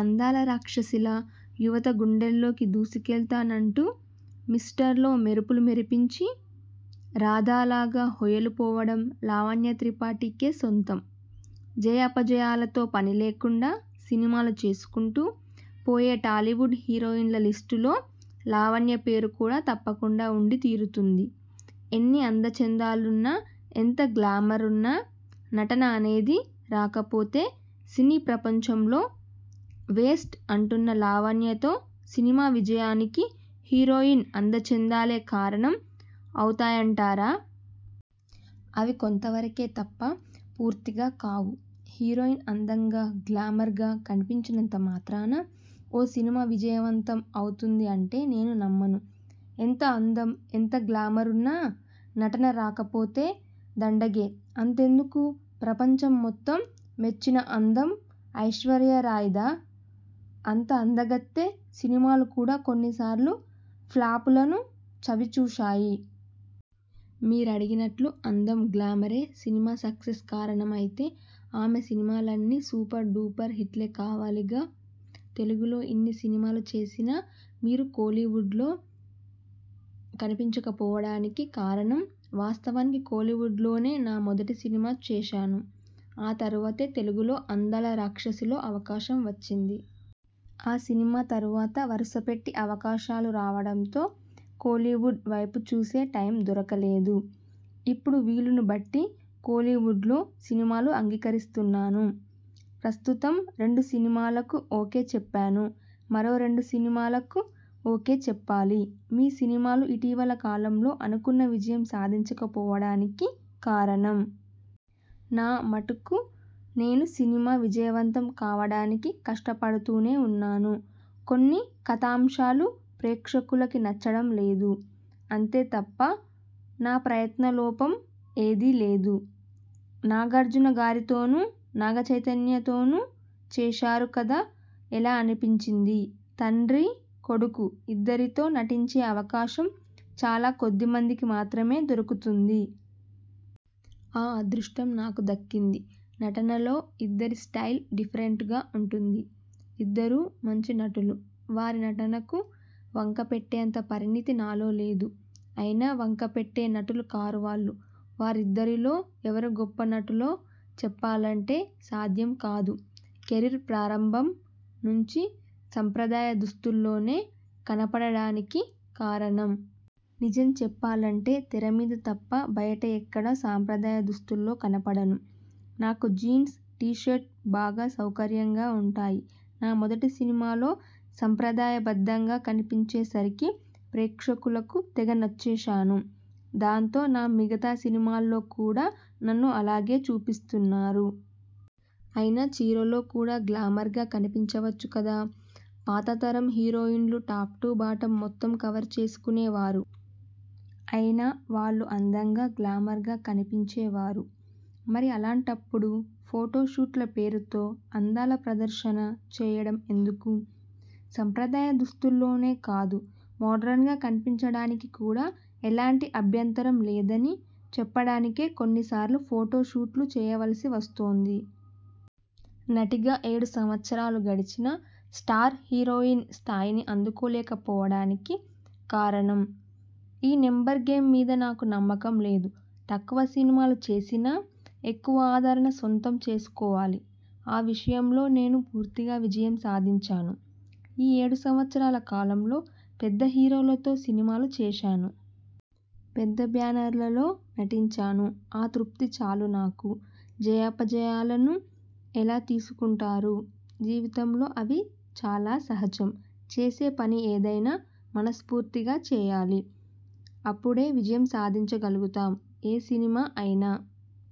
అందాల రాక్షసిలా యువత గుండెల్లోకి 'దూసుకెళ్తా' నంటూ 'మిస్టర్'లో మెరుపులు మెరిపించి, 'రాధ'లాగా హొయలు పోవడం లావణ్య త్రిపాఠికే సొంతం. జయాపజయాలతో పనిలేకుండా సినిమాలు చేసుకుంటూ పోయే టాలీవుడ్ హీరోయిన్ల లిస్టులో లావణ్య పేరు కూడా తప్పకుండా ఉండి తీరుతుంది. ఎన్ని అందచందాలున్నా, ఎంత గ్లామరున్నా నటన అనేది రాకపోతే సినీ ప్రపంచంలో వేస్ట్ అంటున్న లావణ్యతో సినిమా విజయానికి హీరోయిన్ అందచందాలే కారణం అవుతాయంటారా? అవి కొంతవరకే తప్ప పూర్తిగా కావు. హీరోయిన్ అందంగా, గ్లామర్గా కనిపించినంత మాత్రాన ఓ సినిమా విజయవంతం అవుతుంది అంటే నేను నమ్మను ఎంత అందం, ఎంత గ్లామరున్నా నటన రాకపోతే దండగే! అంతెందుకూ ప్రపంచం మొత్తం మెచ్చిన అందం ఐశ్వర్యారాయ్ది. అంత అందగత్తె సినిమాలు కూడా కొన్ని సార్లు ఫ్లాపులను చవి చూశాయి. మీరడిగినట్లు అందం, గ్లామరే సినిమా సక్సెస్ కారణం అయితే ఆమె సినిమాలన్నీ సూపర్ డూపర్ హిట్లే కావాలిగా? తెలుగులో ఇన్ని సినిమాలు చేసిన మీరు కోలీవుడ్లో కనిపించకపోవడానికి కారణం? వాస్తవానికి కోలీవుడ్లోనే నా మొదటి సినిమా చేశాను. ఆ తరువాతే తెలుగులో 'అందాల రాక్షసి'లో అవకాశం వచ్చింది. ఆ సినిమా తరువాత వరుసపెట్టి అవకాశాలు రావడంతో కోలీవుడ్ వైపు చూసే టైం దొరకలేదు. ఇప్పుడు వీలును బట్టి కోలీవుడ్లో సినిమాలు అంగీకరిస్తున్నాను. ప్రస్తుతం రెండు సినిమాలకు ఓకే చెప్పాను. మరో రెండు సినిమాలకు ఓకే చెప్పాలి. మీ సినిమాలు ఇటీవలి కాలంలో అనుకున్న విజయం సాధించకపోవడానికి కారణం? నా మటుకు నేను సినిమా విజయవంతం కావడానికి కష్టపడుతూనే ఉన్నాను. కొన్ని కథాంశాలు ప్రేక్షకులకి నచ్చడం లేదు. అంతే తప్ప నా ప్రయత్నలోపం ఏదీ లేదు. నాగార్జునగారితోనూ, నాగచైతన్యతోనూ చేశారు కదా? ఎలా అనిపించింది? తండ్రీ, కొడుకు ఇద్దరితో నటించే అవకాశం చాలా కొద్దిమందికి మాత్రమే దొరుకుతుంది. ఆ అదృష్టం నాకు దక్కింది. నటనలో ఇద్దరి స్టయిల్ డిఫరెంటుగా ఉంటుంది. ఇద్దరూ మంచి నటులు. వారి నటనకు వంక పెట్టేంత పరిణితి నాలో లేదు. అయినా వంక పెట్టే నటులు కారు వాళ్ళు. వారిద్దరిలో ఎవరు గొప్ప నటులో చెప్పాలంటే సాధ్యం కాదు. కెరీర్ ప్రారంభం నుంచి సంప్రదాయ దుస్తుల్లోనే కనపడడానికి కారణం? నిజం చెప్పాలంటే తెర మీద తప్ప బయట ఎక్కడా సంప్రదాయ దుస్తుల్లో కనపడను. నాకు జీన్స్ టీ షర్టు బాగా సౌకర్యంగా ఉంటాయి. నా మొదటి సినిమాలో సంప్రదాయ బద్ధంగా కనిపించే సరికి ప్రేక్షకులకు తెగ నచ్చేశాను. దాంతో నా మిగతా సినిమాల్లో కూడా నన్ను అలాగే చూపిస్తున్నారు. అయినా చీరలో కూడా గ్లామర్గా కనిపించవచ్చు కదా? పాత తరం హీరోయిన్లు టాప్ టూ బాటమ్ మొత్తం కవర్ చేసుకునే వారు. అయినా వాళ్ళు అందంగా, గ్లామర్గా కనిపించేవారు. మరి అలాంటప్పుడు ఫోటో షూట్ల పేరుతో అందాల ప్రదర్శన చేయడం ఎందుకు? సంప్రదాయ దుస్తుల్లోనే కాదు, మోడ్రన్గా కనిపించడానికి కూడా ఎలాంటి అభ్యంతరం లేదని చెప్పడానికే కొన్నిసార్లు ఫోటో షూట్లు చేయవలసి వస్తోంది. నటిగా ఏడు సంవత్సరాలు గడిచినా స్టార్ హీరోయిన్ స్థాయిని అందుకోలేకపోవడానికి కారణం? ఈ నెంబర్ గేమ్ మీద నాకు నమ్మకం లేదు. తక్కువ సినిమాలు చేసినా ఎక్కువ ఆదరణ సొంతం చేసుకోవాలి. ఆ విషయంలో నేను పూర్తిగా విజయం సాధించాను. ఈ ఏడు సంవత్సరాల కాలంలో పెద్ద హీరోలతో సినిమాలు చేశాను. పెద్ద బ్యానర్లలో నటించాను. ఆ తృప్తి చాలు నాకు. జయాపజయాలను ఎలా తీసుకుంటారు? జీవితంలో అవి చాలా సహజం. చేసే పని ఏదైనా మనస్ఫూర్తిగా చేయాలి. అప్పుడే విజయం సాధించగలుగుతాం. ఏ సినిమా అయినా